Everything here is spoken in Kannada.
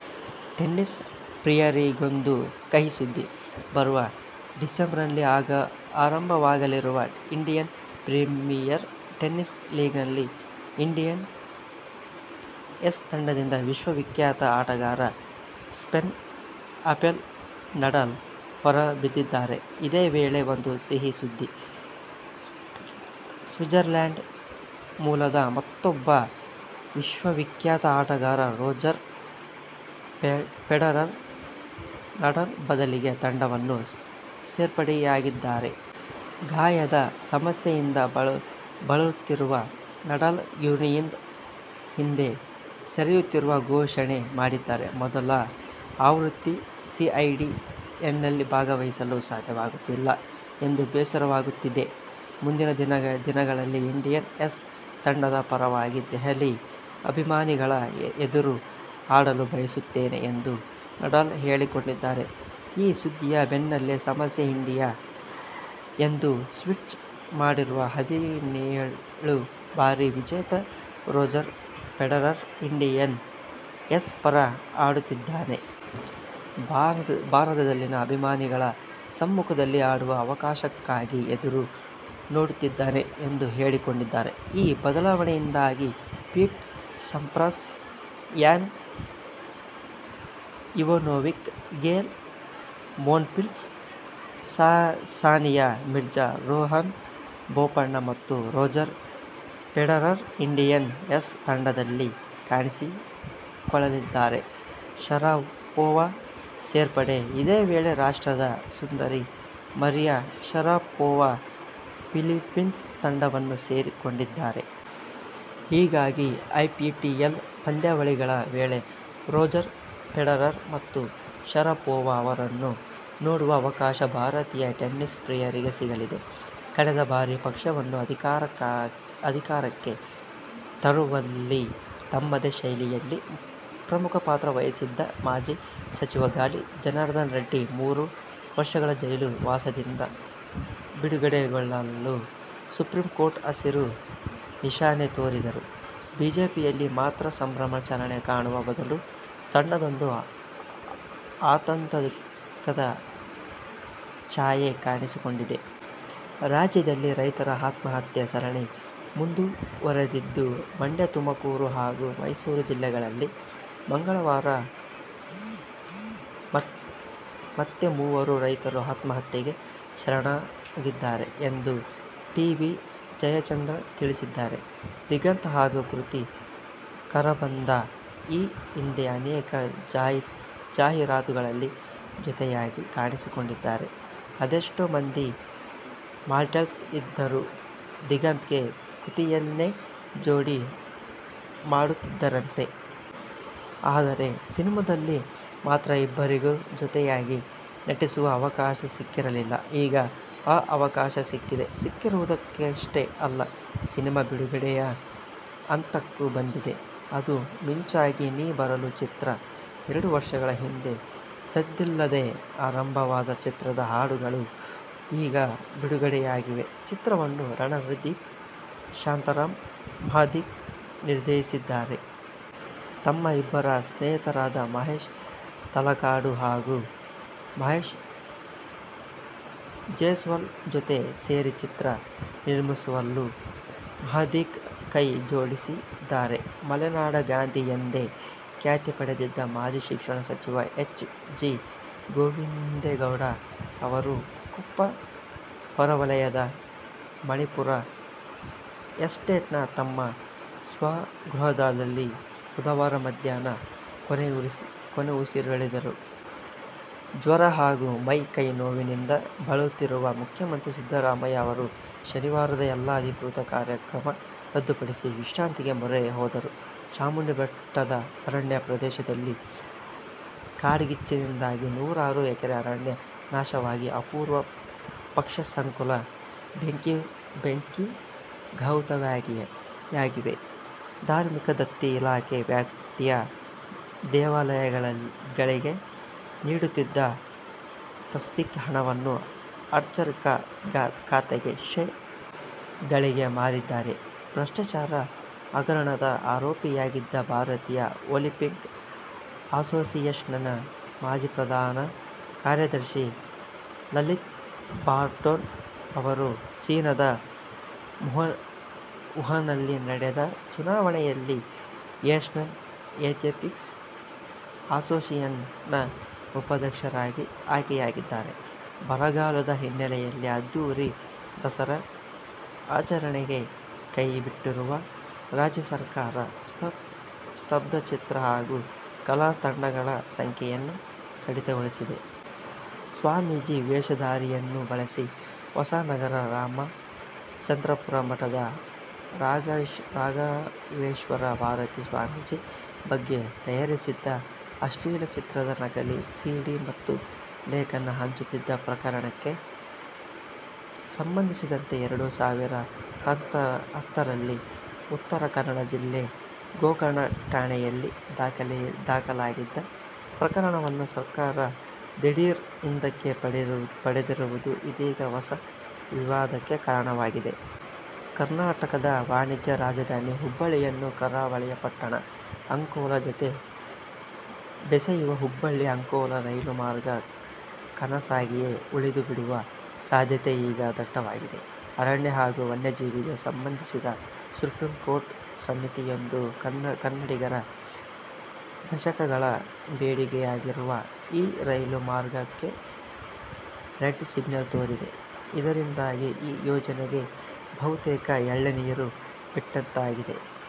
ಟೆನ್ನಿಸ್ ಪ್ರಿಯರಿಗೊಂದು ಕಹಿ ಸುದ್ದಿ. ಬರುವ ಡಿಸೆಂಬರ್ನಲ್ಲಿ ಆರಂಭವಾಗಲಿರುವ ಇಂಡಿಯನ್ ಪ್ರೀಮಿಯರ್ ಟೆನ್ನಿಸ್ ಲೀಗ್ನಲ್ಲಿ ಇಂಡಿಯನ್ ಏಸ್ ತಂಡದಿಂದ ವಿಶ್ವವಿಖ್ಯಾತ ಆಟಗಾರ ಸ್ಪೇನ್ನ ರಫೆಲ್ ನಡಾಲ್ ಹೊರಬಿದ್ದಿದ್ದಾರೆ. ಇದೇ ವೇಳೆ ಒಂದು ಸಿಹಿ ಸುದ್ದಿ. ಸ್ವಿಟ್ಜರ್ಲೆಂಡ್ ಮೂಲದ ಮತ್ತೂಬ್ಬ ವಿಶ್ವವಿಖ್ಯಾತ ಅಟಗಾರ ರೋಜರ್ ಫೆಡರರ್, ನಡಾಲ್ ಬದಲಿಗೆ ತಂಡವನ್ನು ಸೇರ್ಪಡೆಯಾಗಿದ್ದಾರೆ. ಗಾಯದ ಸಮಸ್ಯೆಯಿಂದ ಬಳಲುತ್ತಿರುವ ನಡಾಲ್, ಟೂರ್ನಿಯಿಂದ ಹಿಂದೆ ಸರಿಯುತ್ತಿರುವ ಘೋಷಣೆ ಮಾಡಿದ್ದಾರೆ. ಮೊದಲ ಆವೃತ್ತಿ ಐಪಿಟಿಎಲ್ನಲ್ಲಿ ಭಾಗವಹಿಸಲು ಸಾಧ್ಯವಾಗುತ್ತಿಲ್ಲ ಎಂದು ಬೇಸರವಾಗುತ್ತಿದೆ. ಮುಂದಿನ ದಿನಗಳಲ್ಲಿ ಇಂಡಿಯನ್ ಏಸ್ ತಂಡದ ಪರವಾಗಿ ದೆಹಲಿ ಅಭಿಮಾನಿಗಳ ಎದುರು ಆಡಲು ಬಯಸುತ್ತೇನೆ ಎಂದು ನಡಾಲ್ ಹೇಳಿಕೊಂಡಿದ್ದಾರೆ. ಈ ಸುದ್ದಿಯ ಬೆನ್ನಲ್ಲೇ, ನಮಸ್ತೇ ಇಂಡಿಯಾ ಎಂದು ಟ್ವೀಟ್ ಮಾಡಿರುವ ಹದಿನೇಳು ಬಾರಿ ವಿಜೇತ ರೋಜರ್ ಫೆಡರರ್, ಇಂಡಿಯನ್ ಏಸ್ ಪರ ಆಡುತ್ತಿದ್ದೇನೆ. ಭಾರತದಲ್ಲಿನ ಅಭಿಮಾನಿಗಳ ಸಮ್ಮುಖದಲ್ಲಿ ಆಡುವ ಅವಕಾಶಕ್ಕಾಗಿ ಎದುರು ನೋಡುತ್ತಿದ್ದೇನೆ ಎಂದು ಹೇಳಿಕೊಂಡಿದ್ದಾರೆ. ಈ ಬದಲಾವಣೆಯಿಂದಾಗಿ Pete Sampras, Ana Ivanovic, Gael Monfils, Sania Mirza, Rohan Bopanna ಮತ್ತು ರೋಜರ್ ಫೆಡರರ್ ಇಂಡಿಯನ್ ಏಸ್ ತಂಡದಲ್ಲಿ ಕಾಣಿಸಿಕೊಳ್ಳಲಿದ್ದಾರೆ. ಶರಪೋವಾ ಸೇರ್ಪಡೆ: ಇದೇ ವೇಳೆ ರಷ್ಯಾದ ಸುಂದರಿ, ಮರಿಯಾ ಶರಪೋವಾ, ಫಿಲಿಪ್ಪೀನ್ಸ್ ತಂಡವನ್ನು ಸೇರಿಕೊಂಡಿದ್ದಾರೆ. ಹೀಗಾಗಿ ಐಪಿಟಿಎಲ್ ಪಂದ್ಯಾವಳಿಗಳ ವೇಳೆ ರೋಜರ್ ಫೆಡರರ್ ಮತ್ತು ಶರಪೋವಾ ಅವರನ್ನು ನೋಡುವ ಅವಕಾಶ ಭಾರತೀಯ ಟೆನಿಸ್ ಪ್ರಿಯರಿಗೆ ಸಿಗಲಿದೆ. ಕಳೆದ ಬಾರಿ ಪಕ್ಷವನ್ನು ಅಧಿಕಾರಕ್ಕೆ ತರುವಲ್ಲಿ ತಮ್ಮದೇ ಶೈಲಿಯಲ್ಲಿ ಪ್ರಮುಖ ಪಾತ್ರ ವಹಿಸಿದ್ದ ಮಾಜಿ ಸಚಿವ ಗಾಲಿ ಜನಾರ್ದನರೆಡ್ಡಿ ಮೂರು ವರ್ಷಗಳ ಜೈಲು ವಾಸದಿಂದ ಬಿಡುಗಡೆಗೊಳ್ಳಲು ಸುಪ್ರೀಂಕೋರ್ಟ್ ಹಸಿರು ನಿಶಾನೆ ತೋರಿದರೂ ಬಿಜೆಪಿಯಲ್ಲಿ ಮಾತ್ರ ಸಂಭ್ರಮಾಚರಣೆ ಕಾಣುವ ಬದಲು ಸಣ್ಣದೊಂದು ಆತಂಕದ ಛಾಯೆ ಕಾಣಿಸಿಕೊಂಡಿದೆ. ರಾಜ್ಯದಲ್ಲಿ ರೈತರ ಆತ್ಮಹತ್ಯೆ ಸರಣಿ ಮುಂದುವರಿದಿದ್ದು ಮಂಡ್ಯ, ತುಮಕೂರು ಹಾಗೂ ಮೈಸೂರು ಜಿಲ್ಲೆಗಳಲ್ಲಿ ಮಂಗಳವಾರ ಮತ್ತೆ ಮೂವರು ರೈತರು ಆತ್ಮಹತ್ಯೆಗೆ ಶರಣಾಗಿದ್ದಾರೆ ಎಂದು ಟಿ.ಬಿ. ಜಯಚಂದ್ರ ತಿಳಿಸಿದ್ದಾರೆ. ದಿಗಂತ್ ಹಾಗೂ ಕೃತಿ ಕರಬಂದ ಈ ಹಿಂದೆ ಅನೇಕ ಜಾಹೀರಾತುಗಳಲ್ಲಿ ಜೊತೆಯಾಗಿ ಕಾಣಿಸಿಕೊಂಡಿದ್ದಾರೆ. ಅದೆಷ್ಟೋ ಮಂದಿ ಮಾಡೆಲ್ಸ್ ಇದ್ದರೂ ದಿಗಂತ್ಗೆ ಕೃತಿಯನ್ನೇ ಜೋಡಿ ಮಾಡುತ್ತಿದ್ದರಂತೆ. ಆದರೆ ಸಿನಿಮಾದಲ್ಲಿ ಮಾತ್ರ ಇಬ್ಬರಿಗೂ ಜೊತೆಯಾಗಿ ನಟಿಸುವ ಅವಕಾಶ ಸಿಕ್ಕಿರಲಿಲ್ಲ. ಈಗ ಆ ಅವಕಾಶ ಸಿಕ್ಕಿದೆ. ಸಿಕ್ಕಿರುವುದಷ್ಟೇ ಅಲ್ಲ, ಸಿನಿಮಾ ಬಿಡುಗಡೆಯ ಹಂತಕ್ಕೂ ಬಂದಿದೆ. ಅದು "ಮಿಂಚಾಗಿ ನೀ ಬರಲು' ಚಿತ್ರ. ಎರಡು ವರ್ಷಗಳ ಹಿಂದೆ ಸದ್ದಿಲ್ಲದೇ ಆರಂಭವಾದ ಚಿತ್ರದ ಹಾಡುಗಳು ಈಗ ಬಿಡುಗಡೆಯಾಗಿವೆ. ಚಿತ್ರವನ್ನು ರಣದೀಪ್ ಶಾಂತಾರಾಮ್ ಮಹಾದಿಕ್ ನಿರ್ದೇಶಿಸಿದ್ದಾರೆ. ತಮ್ಮ ಇಬ್ಬರು ಸ್ನೇಹಿತರಾದ ಮಹೇಶ್ ತಲಕಾಡು ಹಾಗೂ ಮಹೇಶ್ ಜೆಸ್ವಾಲ್ ಜೊತೆ ಸೇರಿ ಚಿತ್ರ ನಿರ್ಮಿಸುವಲ್ಲೂ ಮಹಾದಿಕ್ ಕೈ ಜೋಡಿಸಿದ್ದಾರೆ. ಮಲೆನಾಡ ಗಾಂಧಿ ಎಂದೇ ಖ್ಯಾತಿ ಪಡೆದಿದ್ದ ಮಾಜಿ ಶಿಕ್ಷಣ ಸಚಿವ ಎಚ್. ಜಿ. ಗೋವಿಂದೇಗೌಡ ಅವರು ಕೊಪ್ಪ ಹೊರವಲಯದ ಮಣಿಪುರ ಎಸ್ಟೇಟ್ನ ತಮ್ಮ ಸ್ವಗೃಹದಲ್ಲಿ ಬುಧವಾರ ಮಧ್ಯಾಹ್ನ ಕೊನೆಯುಸಿರೆಳೆದರು. ಜ್ವರ ಹಾಗೂ ಮೈ ಕೈ ನೋವಿನಿಂದ ಬಳಲುತ್ತಿರುವ ಮುಖ್ಯಮಂತ್ರಿ ಸಿದ್ದರಾಮಯ್ಯ ಅವರು ಶನಿವಾರದ ಎಲ್ಲ ಅಧಿಕೃತ ಕಾರ್ಯಕ್ರಮ ರದ್ದುಪಡಿಸಿ ವಿಶ್ರಾಂತಿಗೆ ಮೊರೆ ಹೋದರು. ಚಾಮುಂಡಿ ಬೆಟ್ಟದ ಅರಣ್ಯ ಪ್ರದೇಶದಲ್ಲಿ ಕಾಡ್ಗಿಚ್ಚಿನಿಂದಾಗಿ ನೂರಾರು ಎಕರೆ ಅರಣ್ಯ ನಾಶವಾಗಿ, ಅಪೂರ್ವ ಪಕ್ಷಿಸಂಕುಲ ಬೆಂಕಿಗಾಹುತಿಯಾಗಿವೆ. ಧಾರ್ಮಿಕ ದತ್ತಿ ಇಲಾಖೆ ವ್ಯಾಪ್ತಿಯ ದೇವಾಲಯಗಳಿಗೆ ನೀಡುತ್ತಿದ್ದ ತಸ್ತೀಕ್ ಹಣವನ್ನು ಅರ್ಚಕರ ಖಾತೆಗೆ ಶೇ. ಗಳಿಗೆ ಮಾರಿದ್ದಾರೆ. ಭ್ರಷ್ಟಾಚಾರ ಹಗರಣದ ಆರೋಪಿಯಾಗಿದ್ದ ಭಾರತೀಯ ಒಲಿಂಪಿಕ್ ಅಸೋಸಿಯೇಶನ್ನ ಮಾಜಿ ಪ್ರಧಾನ ಕಾರ್ಯದರ್ಶಿ ಲಲಿತ್ ಭಾನೋಟ್ ಅವರು ಚೀನದ ವುಹಾನ್ನಲ್ಲಿ ನಡೆದ ಚುನಾವಣೆಯಲ್ಲಿ ಏಶ್ಯನ್ ಆತ್ಲೆಟಿಕ್ಸ್ ಅಸೋಸಿಯೇಶನ್ ನ ಉಪಾಧ್ಯಕ್ಷರಾಗಿ ಆಯ್ಕೆಯಾಗಿದ್ದಾರೆ. ಬರಗಾಲದ ಹಿನ್ನೆಲೆಯಲ್ಲಿ ಅದ್ದೂರಿ ದಸರಾ ಆಚರಣೆ ಕೈಬಿಟ್ಟಿರುವ ರಾಜ್ಯ ಸರ್ಕಾರ, ಸ್ತಬ್ದಚಿತ್ರ ಹಾಗೂ ಕಲಾ ತಂಡಗಳ ಸಂಖ್ಯೆಯನ್ನೂ ಕಡಿತಗೊಳಿಸಿದೆ. ಸ್ವಾಮೀಜಿ ವೇಷಧಾರಿಯನ್ನು ಬಳಸಿ ಹೊಸನಗರ ರಾಮಚಂದ್ರಾಪುರ ಮಠದ ರಾಘವೇಶ್ವರ ಭಾರತಿ ಸ್ವಾಮೀಜಿ ಬಗ್ಗೆ ತಯಾರಿಸಿದ್ದ ಅಶ್ಲೀಲ ಚಿತ್ರದ ನಕಲಿ ಸಿ. ಡಿ. ಮತ್ತು ಲೇಖನ ಹಂಚುತ್ತಿದ್ದ ಪ್ರಕರಣಕ್ಕೆ ಸಂಬಂಧಿಸಿದಂತೆ ಎರಡು ಸಾವಿರದ ಹತ್ತರಲ್ಲಿ ಉತ್ತರ ಕನ್ನಡ ಜಿಲ್ಲೆ ಗೋಕರ್ಣ ಠಾಣೆಯಲ್ಲಿ ದಾಖಲಾಗಿದ್ದ ಪ್ರಕರಣವನ್ನು ಸರ್ಕಾರ ದಿಢೀರ್ ಹಿಂದಕ್ಕೆ ಪಡೆದಿರುವುದು ಇದೀಗ ಹೊಸ ವಿವಾದಕ್ಕೆ ಕಾರಣವಾಗಿದೆ. ಕರ್ನಾಟಕದ ವಾಣಿಜ್ಯ ರಾಜಧಾನಿ ಹುಬ್ಬಳ್ಳಿಯನ್ನು ಕರಾವಳಿಯ ಪಟ್ಟಣ ಅಂಕೋಲಾ ಜತೆ ಬೆಸೆಯುವ "ಹುಬ್ಬಳ್ಳಿ- ಅಂಕೋಲಾ ರೈಲು ಮಾರ್ಗ' ಕನಸಾಗಿಯೇ ಉಳಿದುಬಿಡುವ ಸಾಧ್ಯತೆ ಈಗ ದಟ್ಟವಾಗಿದೆ. ಅರಣ್ಯ ಹಾಗೂ ವನ್ಯಜೀವಿಗೆ ಸಂಬಂಧಿಸಿದ ಸುಪ್ರೀಂಕೋರ್ಟ್ನ ಸಮಿತಿಯೊಂದು ಕನ್ನಡಿಗರ ದಶಕಗಳ ಬೇಡಿಕೆಯಾಗಿರುವ ಈ ರೈಲು ಮಾರ್ಗಕ್ಕೆ "ರೆಡ್ ಸಿಗ್ನಲ್' ತೋರಿದೆ. ಇದರಿಂದಾಗಿ ಈ ಯೋಜನೆಗೆ ಬಹುತೇಕ ಎಳ್ಳುನೀರು ಬಿಟ್ಟಂತಾಗಿದೆ.